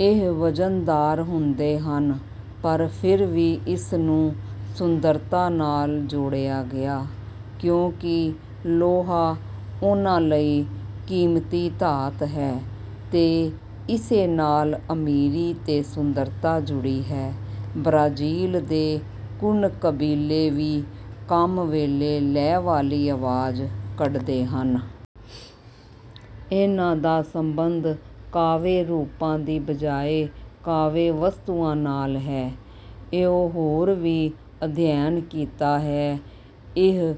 ਇਹ ਵਜ਼ਨਦਾਰ ਹੁੰਦੇ ਹਨ ਪਰ ਫਿਰ ਵੀ ਇਸ ਨੂੰ ਸੁੰਦਰਤਾ ਨਾਲ ਜੋੜਿਆ ਗਿਆ ਕਿਉਂਕਿ ਲੋਹਾ ਉਹਨਾਂ ਲਈ ਕੀਮਤੀ ਧਾਤ ਹੈ ਤੇ ਇਸੇ ਨਾਲ ਅਮੀਰੀ ਤੇ ਸੁੰਦਰਤਾ ਜੁੜੀ ਹੈ। ਬ੍ਰਾਜ਼ੀਲ ਦੇ ਕੁਣ ਕਬੀਲੇ ਵੀ ਕੰਮ ਵੇਲੇ ਲੈਅਵਾਲੀ ਆਵਾਜ਼ ਕੱਢਦੇ ਹਨ। ਇਹਨਾਂ ਦਾ ਸੰਬੰਧ ਕਾਵਿ ਰੂਪਾਂ ਦੀ ਬਜਾਏ ਕਾਵਿ ਵਸਤੂਆਂ ਨਾਲ ਹੈ। ਇਉਂ ਹੋਰ ਵੀ ਅਧਿਐਨ ਕੀਤਾ ਹੈ। ਇਹ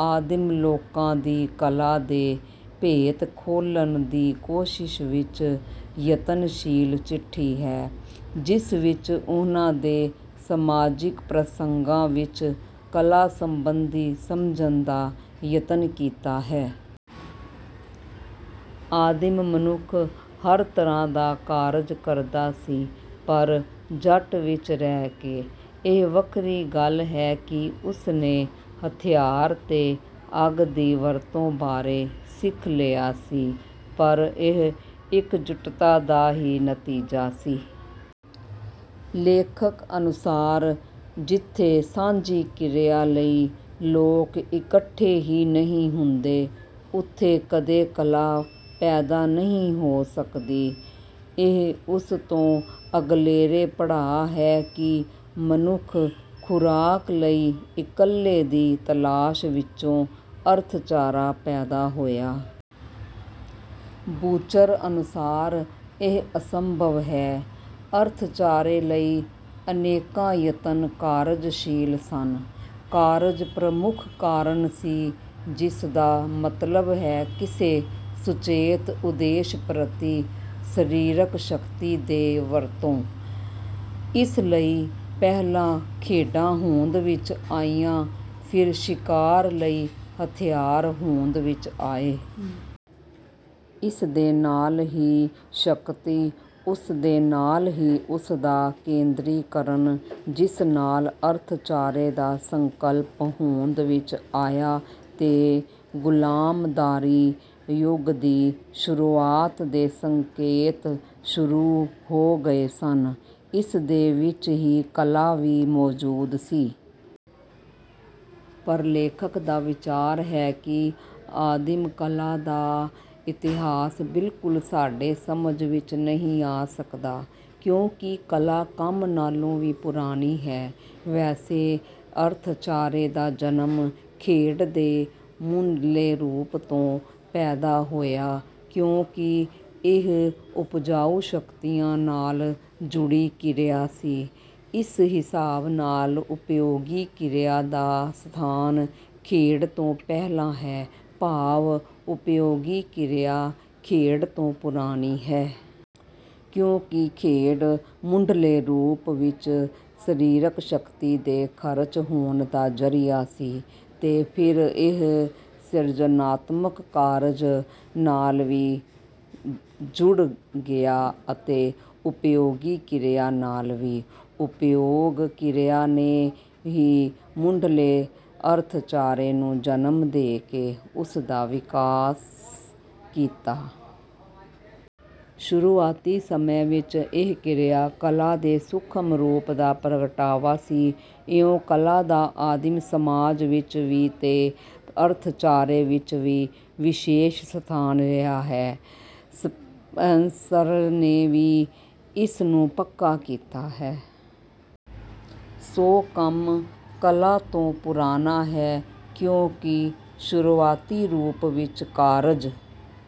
ਆਦਿਮ ਲੋਕਾਂ ਦੀ ਕਲਾ ਦੇ ਭੇਤ ਖੋਲਣ ਦੀ ਕੋਸ਼ਿਸ਼ ਵਿੱਚ ਯਤਨਸ਼ੀਲ ਚਿੱਠੀ ਹੈ। ਜਿਸ ਵਿੱਚ ਉਹਨਾਂ ਦੇ ਸਮਾਜਿਕ ਪ੍ਰਸੰਗਾਂ ਵਿੱਚ ਕਲਾ ਸੰਬੰਧੀ ਸਮਝਣ ਦਾ ਯਤਨ ਕੀਤਾ ਹੈ। ਆਦਿਮ ਮਨੁੱਖ ਹਰ ਤਰ੍ਹਾਂ ਦਾ ਕਾਰਜ ਕਰਦਾ ਸੀ ਪਰ ਜੱਟ ਵਿੱਚ ਰਹਿ ਕੇ। ਇਹ ਵੱਖਰੀ ਗੱਲ ਹੈ ਕਿ ਉਸਨੇ ਹਥਿਆਰ ਤੇ ਅੱਗ ਦੀ ਵਰਤੋਂ ਬਾਰੇ ਸਿੱਖ ਲਿਆ ਸੀ ਪਰ ਇਹ ਇਕਜੁੱਟਤਾ ਦਾ ਹੀ ਨਤੀਜਾ ਸੀ। ਲੇਖਕ ਅਨੁਸਾਰ ਜਿੱਥੇ ਸਾਂਝੀ ਕਿਰਿਆ ਲਈ ਲੋਕ ਇਕੱਠੇ ਹੀ ਨਹੀਂ ਹੁੰਦੇ ਉੱਥੇ ਕਦੇ ਕਲਾ ਪੈਦਾ ਨਹੀਂ ਹੋ ਸਕਦੀ। ਇਹ ਉਸ ਤੋਂ ਅਗਲੇਰੇ ਪੜਾਅ ਹੈ ਕਿ ਮਨੁੱਖ ਖੁਰਾਕ ਲਈ ਇਕੱਲੇ ਦੀ ਤਲਾਸ਼ ਵਿੱਚੋਂ ਅਰਥਚਾਰਾ ਪੈਦਾ ਹੋਇਆ। ਬੂਚਰ ਅਨੁਸਾਰ ਇਹ ਅਸੰਭਵ ਹੈ। ਅਰਥਚਾਰੇ ਲਈ ਅਨੇਕਾਂ ਯਤਨ ਕਾਰਜਸ਼ੀਲ ਸਨ। ਕਾਰਜ ਪ੍ਰਮੁੱਖ ਕਾਰਨ ਸੀ ਜਿਸ ਦਾ ਮਤਲਬ ਹੈ ਕਿਸੇ ਸੁਚੇਤ ਉਦੇਸ਼ ਪ੍ਰਤੀ ਸਰੀਰਕ ਸ਼ਕਤੀ ਦੀ ਵਰਤੋਂ। ਇਸ ਲਈ ਪਹਿਲਾਂ ਖੇਡਾਂ ਹੋਂਦ ਵਿੱਚ ਆਈਆਂ ਫਿਰ ਸ਼ਿਕਾਰ ਲਈ ਹਥਿਆਰ ਹੋਂਦ ਵਿੱਚ ਆਏ। ਇਸ ਦੇ ਨਾਲ ਹੀ ਸ਼ਕਤੀ ਉਸਦੇ ਨਾਲ ਹੀ ਉਸਦਾ ਕੇਂਦਰੀਕਰਨ ਜਿਸ ਨਾਲ ਅਰਥਚਾਰੇ ਦਾ ਸੰਕਲਪ ਹੋਂਦ ਵਿੱਚ ਆਇਆ ਤੇ ਗੁਲਾਮਦਾਰੀ ਯੁੱਗ ਦੀ ਸ਼ੁਰੂਆਤ ਦੇ ਸੰਕੇਤ ਸ਼ੁਰੂ ਹੋ ਗਏ ਸਨ। ਇਸ ਦੇ ਵਿੱਚ ਹੀ ਕਲਾ ਵੀ ਮੌਜੂਦ ਸੀ। ਪਰ ਲੇਖਕ ਦਾ ਵਿਚਾਰ ਹੈ ਕਿ ਆਦਿਮ ਕਲਾ ਦਾ ਇਤਿਹਾਸ ਬਿਲਕੁਲ ਸਾਡੇ ਸਮਝ ਵਿੱਚ ਨਹੀਂ ਆ ਸਕਦਾ ਕਿਉਂਕਿ ਕਲਾ ਕੰਮ ਨਾਲੋਂ ਵੀ ਪੁਰਾਣੀ ਹੈ। ਵੈਸੇ ਅਰਥਚਾਰੇ ਦਾ ਜਨਮ ਖੇਡ ਦੇ ਮੁੱਢਲੇ ਰੂਪ ਤੋਂ ਪੈਦਾ ਹੋਇਆ ਕਿਉਂਕਿ ਇਹ ਉਪਜਾਊ ਸ਼ਕਤੀਆਂ ਨਾਲ ਜੁੜੀ ਕਿਰਿਆ ਸੀ ਇਸ ਹਿਸਾਬ ਨਾਲ ਉਪਯੋਗੀ ਕਿਰਿਆ ਦਾ ਸਥਾਨ ਖੇਡ ਤੋਂ ਪਹਿਲਾ ਹੈ ਭਾਵ ਉਪਯੋਗੀ ਕਿਰਿਆ ਖੇਡ ਤੋਂ ਪੁਰਾਣੀ ਹੈ। ਕਿਉਂਕਿ ਖੇਡ ਮੁੱਢਲੇ ਰੂਪ ਵਿੱਚ ਸਰੀਰਕ ਸ਼ਕਤੀ ਦੇ ਖਰਚ ਹੋਣ ਦਾ ਜ਼ਰੀਆ ਸੀ ਤੇ ਫਿਰ ਇਹ ਸਿਰਜਨਾਤਮਕ ਕਾਰਜ ਨਾਲ ਵੀ ਜੁੜ ਗਿਆ ਅਤੇ ਉਪਯੋਗੀ ਕਿਰਿਆ ਨਾਲ ਵੀ। ਉਪਯੋਗ ਕਿਰਿਆ ਨੇ ਹੀ ਮੁੱਢਲੇ ਅਰਥਚਾਰੇ ਨੂੰ ਜਨਮ ਦੇ ਕੇ ਉਸ ਦਾ ਵਿਕਾਸ ਕੀਤਾ। ਸ਼ੁਰੂਆਤੀ ਸਮੇਂ ਵਿੱਚ ਇਹ ਕਿਰਿਆ ਕਲਾ ਦੇ ਸੂਖਮ ਰੂਪ ਦਾ ਪ੍ਰਗਟਾਵਾ ਸੀ ਇਉਂ ਕਲਾ ਦਾ ਆਦਿਮ ਸਮਾਜ ਵਿੱਚ ਵੀ ਤੇ ਅਰਥਚਾਰੇ ਵਿੱਚ ਵੀ ਵਿਸ਼ੇਸ਼ ਸਥਾਨ ਰਿਹਾ ਹੈ। ਸਪੈਂਸਰ ਨੇ ਵੀ ਇਸ ਨੂੰ ਪੱਕਾ ਕੀਤਾ ਹੈ। ਸੋ ਕੰਮ ਕਲਾ ਤੋਂ ਪੁਰਾਣਾ ਹੈ ਕਿਉਂਕਿ ਸ਼ੁਰੂਆਤੀ ਰੂਪ ਵਿੱਚ ਕਾਰਜ।